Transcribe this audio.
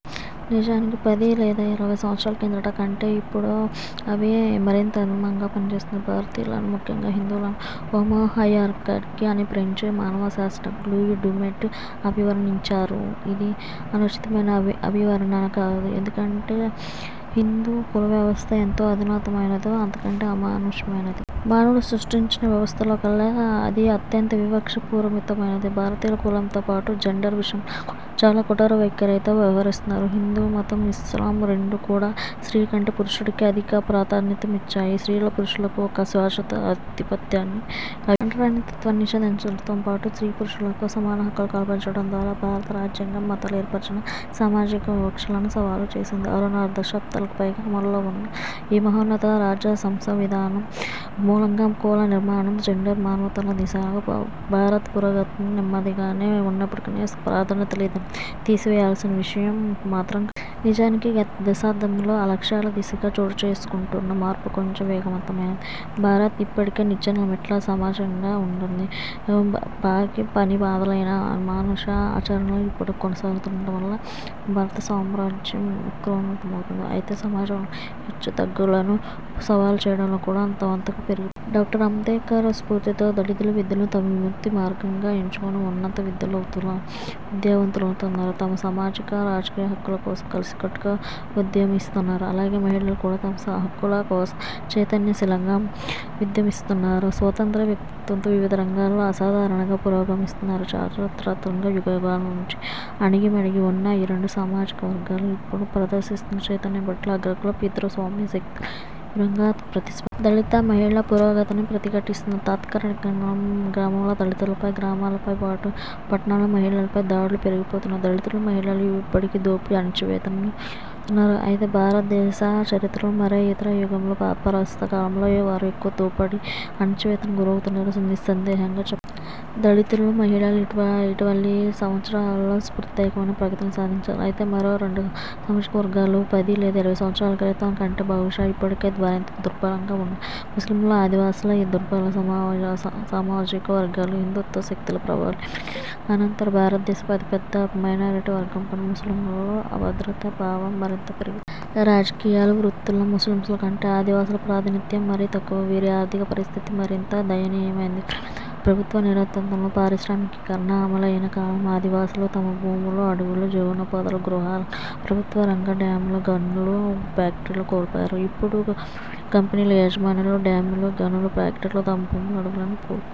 నిజానికి పది లేదా ఇరవై సంవత్పరాల కిందట కంటే ఇప్పుడు అవి మరింత అధమంగా పనిచేస్తున్నాయి. భారతీయులను, ముఖ్యంగా హిందువులను 'హోమో హయరార్కీ' అని ఫ్రెంచ్ మానవ శాస్త్రజ్ఞుడు లూయీ డుమాంట్ అభివర్ణించారు. ఇది అనుచితమైన అభివర్ణన కాదు. ఎందుకంటే హిందూ కులవ్యవస్థ ఎంత అధునాతనమైనదో అంత అమానుషమైనది. మానవుడు సృష్టించిన వ్యవస్థలలోకెల్లా అది అత్యంత వివక్షా పూరితమైనది. భారతీయులు కులంతో పాటు జెండర్ విషయంలో కూడా చాలా కఠోర వైఖరితో వ్యవహరిస్తారు. హిందూ మతం, ఇస్లాం రెండూ కూడా స్త్రీ కంటే పురుషుడికే అధిక ప్రాధాన్యమిచ్చాయి. స్త్రీలపై పురుషులకు ఒక శాశ్వత ఆధిపత్యాన్ని అవి కట్టబెట్టాయి. అంటరానితనాన్ని నిషేధించడంతో పాటు స్త్రీ పురుషులకు సమాన హక్కులు కల్పించడం ద్వారా భారత రాజ్యాంగం మతాలు ఏర్పరిచిన సామాజిక వివక్షలను సవాల్ చేసింది. ఆరున్నర దశాబ్దాలకు పైగా అమలులో వున్న ఆ మహోన్నత రాజ్య సంవిధానం మూలంగా కుల నిర్మూలన, జెండర్ సమానత్వంల దిశగా భారత్ పురోగతి నెమ్మదిగానే వున్నప్పటికీ ప్రాధాన్యం లేనిదిగా తీసివేయాల్సిన విషయం మాత్రం కాదు. నిజానికి గత దశాబ్దంలో ఆ లక్ష్యాల దిశగా చోటుచేసుకొంటున్న మార్పు కొంచెం వేగవంతమయింది. భారత్ ఇప్పటికీ ఒక నిచ్చెనమెట్ల సమాజంగా వున్నది. పాకీ పని మొదలైన అమానుష ఆచరణలు ఇప్పటికీ కొనసాగుతుండడంవల్ల భారత ప్రజాస్వామ్యం వికృతమవుతోంది. అయితే సమాజంలోని హెచ్చుతగ్గులను సవాల్చేయడం కూడా అంతకంతకూ పెరిగిపోతోంది. డాక్టర్ అంబేడ్కర్ స్ఫూర్తితో దళితులు విద్యను తమ విముక్తి మార్గంగా ఎంచుకొని ఉన్నత విద్యావంతులవుతున్నారు. తమ సామాజిక, రాజకీయ హక్కుల కోసం కలసికట్టుగా ఉద్యమిస్తున్నారు. అలాగే మహిళలు కూడా. తమ హక్కుల కోసం చైతన్యశీలంగా ఉద్యమిస్తున్నారు. స్వతంత్ర వ్యక్తిత్వంతో వివిధ రంగాల్లో అసాధారణంగా పురోగమిస్తున్నారు. చారిత్రకంగా యుగయుగాల నుంచి అణగిమణిగి వున్న ఈ రెండు సామాజిక వర్గాలు ఇప్పుడు ప్రదర్శిస్తున్న చైతన్యం పట్ల అగ్రకుల, పితృస్వామ్య శక్తులు తీవ్రంగా ప్రతిస్పందిస్తున్నాయి. దళితుల, మహిళల పురోగతిని ప్రతిఘటిస్తున్నాయి. తత్కారణంగానే గ్రామాల్లో దళితులపై, గ్రామాలతో పాటు పట్టణాల్లోనూ మహిళలపై దాడులు పెరిగిపోతున్నాయి. దళితులు, మహిళలు ఇప్పటికీ దోపిడీ, అణచివేతకు గురవుతున్నారు. అయితే భారతదేశ చరిత్రలో మరే ఇతర యుగంలో ప్రస్తుత కాలంలోనే వారు తక్కువగా దోపిడీ, అణచివేతకు గురవుతున్నారని నిస్సందేహంగా చెప్పవచ్చు. దళితులు, మహిళలు ఇటీవలి సంవత్సరాలలో స్ఫూర్తిదాయకమైన ప్రగతిని సాధించారు. అయితే మరో రెండు సామాజిక వర్గాలు పది లేదా ఇరవై సంవత్సరాల క్రితం కంటే బహుశా ఇప్పుడే మరింత దుర్భలంగా వున్నాయి. ముస్లింలు, ఆదివాసులే ఈ దుర్భల సామాజిక వర్గాలు. హిందూత్వ శక్తుల ప్రాబల్యం పెరిగిపోయిన అనంతరం భారతదేశపు అతి పెద్ద మత మైనారిటీ వర్గమైన ముస్లింలలో అభద్రతా భావం మరింతగా పెరిగిపోయింది. రాజకీయాలు, వృత్తులలో ముస్లింల కంటే ఆదివాసీల ప్రాతినిధ్యం మరీ తక్కువ. వీరి ఆర్థిక పరిస్థితి మరింత దయనీయమైనది. ప్రభుత్వ నేతృత్వంలో పారిశ్రామికీకరణ అమలయిన కాలంలో ఆదివాసీలు తమ భూములు, అడవులు, జీవనోపాధులు, గృహాలను ప్రభుత్వరంగ డ్యామ్లు, గనులు, ఫ్యాక్టరీలకు కోల్పోయారు; ఇప్పుడు ప్రైవేట్ కంపెనీల యాజమాన్యంలోని డ్యామ్లు, గనులు, ఫ్యాక్టరీలకు తమ భూములు, అడవులను కోల్పోతున్నారు.